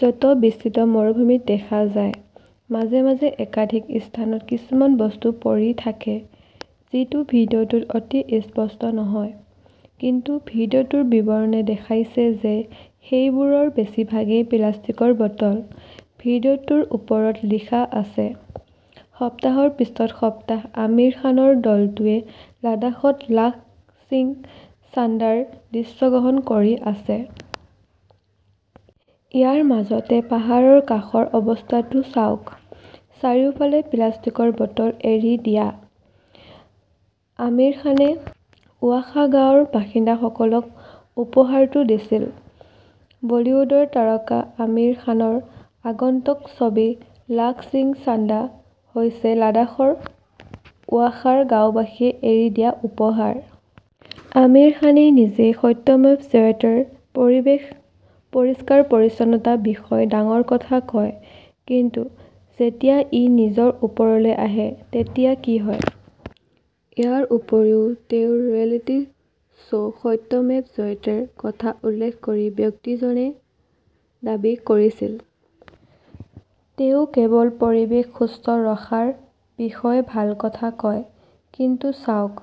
য'ত বিস্তৃত মৰুভূমি দেখা যায়। মাজে মাজে একাধিক স্থানত কিছুমান বস্তু পৰি থাকে। যিটো ভিডিঅটোত অতি স্পষ্ট নহয়। কিন্তু ভিডিঅটোৰ বিৱৰণে দেখুৱাইছে যে সেইবোৰৰ বেছিভাগেই প্লাষ্টিকৰ বটল। ভিডিঅ'টোৰ ওপৰত লিখা আছে, সপ্তাহৰ পিছত সপ্তাহ আমিৰ খানৰ দলটোৱে লাডাখত লাল সিং চাড্ডাৰ দৃশ্যগ্ৰহণ কৰি আছে। ইয়াৰ মাজতে পাহাৰৰ কাষৰ অৱস্থাটো চাওক। চাৰিওফালে প্লাষ্টিকৰ বটল এৰি দিয়া। আমিৰ খানে ৱাখা গাঁৱৰ বাসিন্দাসকলক উপহাৰটো দিছিল। বলীউডৰ তাৰকা আমিৰ খানৰ আগন্তুক ছবি লাল সিং চাডা হৈছে লাডাখৰ ৱাখাৰ গাওঁবাসীয়ে এৰি দিয়া উপহাৰ। আমিৰ খানে নিজেই সত্যমেভ জয়তেৰ পৰিৱেশ পৰিষ্কাৰ-পৰিচ্ছন্নতাৰ বিষয়ে ডাঙৰ কথা কয় কিন্তু যেতিয়া ই নিজৰ ওচৰলৈ আহে তেতিয়া কি হয়। ইয়াৰ উপৰিও তেওঁৰ ৰিয়েলিটি শ্ব সত্যমেব জয়তেৰ কথা উল্লেখ কৰি ব্যক্তিজনৱে দাবী কৰিছিল, তেওঁ কেৱল পৰিৱেশ সুস্থ ৰখাৰ বিষয়ে ভাল কথা কয়, কিন্তু চাওক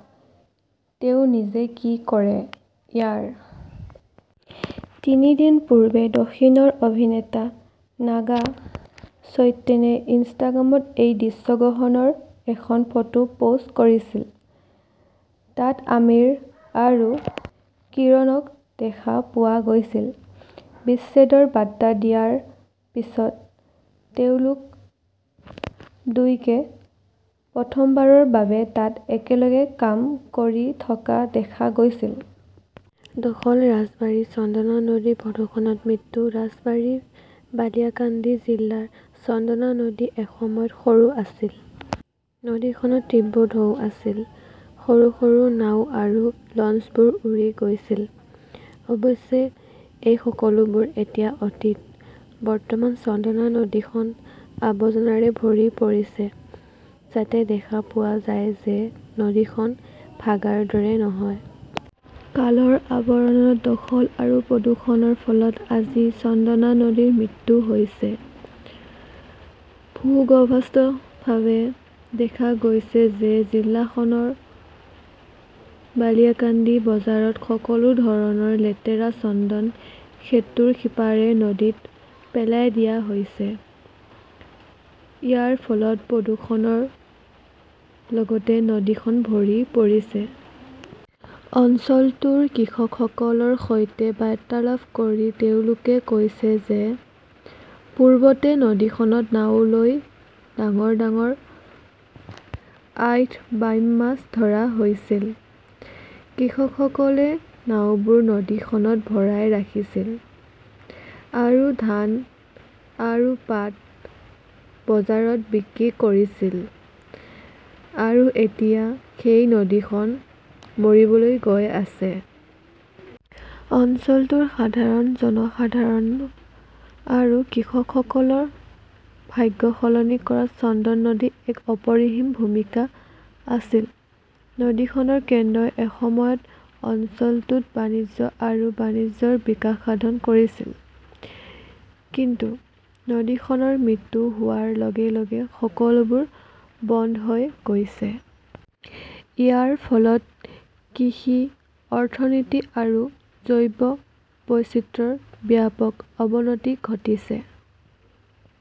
তেওঁ নিজে কি কৰে। ইয়াৰ তিনি দিন পূৰ্বে দক্ষিণৰ অভিনেতা নাগা চৈতন্যই ইনষ্টাগ্ৰামত এই দৃশ্যগ্ৰহণৰ এখন ফটো পোষ্ট কৰিছিল। তাত আমিৰ আৰু কিৰণক দেখা পোৱা গৈছিল। বিচ্ছেদৰ বাৰ্তা দিয়াৰ পিছত তেওঁলোক দুয়োকে প্ৰথমবাৰৰ বাবে তাত একেলগে কাম কৰি থকা দেখা গৈছিল। দখল ৰাজবাৰীৰ চান্দনা নদীৰ প্ৰদূষণত মৃত্যু ৰাজবাৰীৰ বালিয়াকান্দি জিলাৰ চান্দনা নদী এসময়ত সৰু আছিল। নদীখনত তীব্ৰ ঢৌ আছিল। সৰু - সৰু নাও আৰু লঞ্চবোৰ উৰি গৈছিল। অৱশ্যে, এই সকলোবোৰ এতিয়া অতীত। বৰ্তমান, চান্দনা নদীখন আৱৰ্জনাৰে ভৰি পৰিছে যাতে দেখা পোৱা যায় যে নদীখন ভাগাৰ দৰে নহয়। কালৰ আৱৰণত দখল আৰু প্ৰদূষণৰ ফলত আজি চান্দনা নদীৰ মৃত্যু হৈছে। ভূগৰ্ভস্থভাৱে দেখা গৈছে যে জিলাখনৰ বালিয়াকান্দি বজাৰত সকলো ধৰণৰ লেতেৰা চন্দন সেতুৰ সিপাৰে নদীত পেলাই দিয়া হৈছে। ইয়াৰ ফলত প্ৰদূষণৰ লগতে নদীখন ভৰি পৰিছে। অঞ্চলটোৰ কৃষকসকলৰ সৈতে বাৰ্তালাপ কৰি তেওঁলোকে কৈছিল যে পূৰ্বতে নদীখনত নাও লৈ ডাঙৰ - ডাঙৰ আইড, বাইম মাছ ধৰা হৈছিল। কৃষকসকলে নাওবোৰ নদীখনত ভৰাই ৰাখিছিল আৰু ধান আৰু পাট বজাৰত বিক্ৰী কৰিছিল। আৰু এতিয়া সেই নদীখন মৰিবলৈ গৈ আছে। অঞ্চলটোৰ সাধাৰণ জনসাধাৰণ আৰু কৃষকসকলৰ ভাগ্য সলনি কৰাত চন্দন নদীৰ এক অপৰিসীম ভূমিকা আছিল। নদীখনৰ কেন্দ্ৰই এসময়ত অঞ্চলটোত বাণিজ্য আৰু বাণিজ্যৰ বিকাশ সাধন কৰিছিল। কিন্তু নদীখনৰ মৃত্যু হোৱাৰ লগে - লগে সকলোবোৰ বন্ধ হৈ গৈছে। ইয়াৰ ফলত কৃষি অৰ্থনীতি আৰু জৈৱ বৈচিত্ৰ্যৰ ব্যাপক অৱনতি ঘটিছে।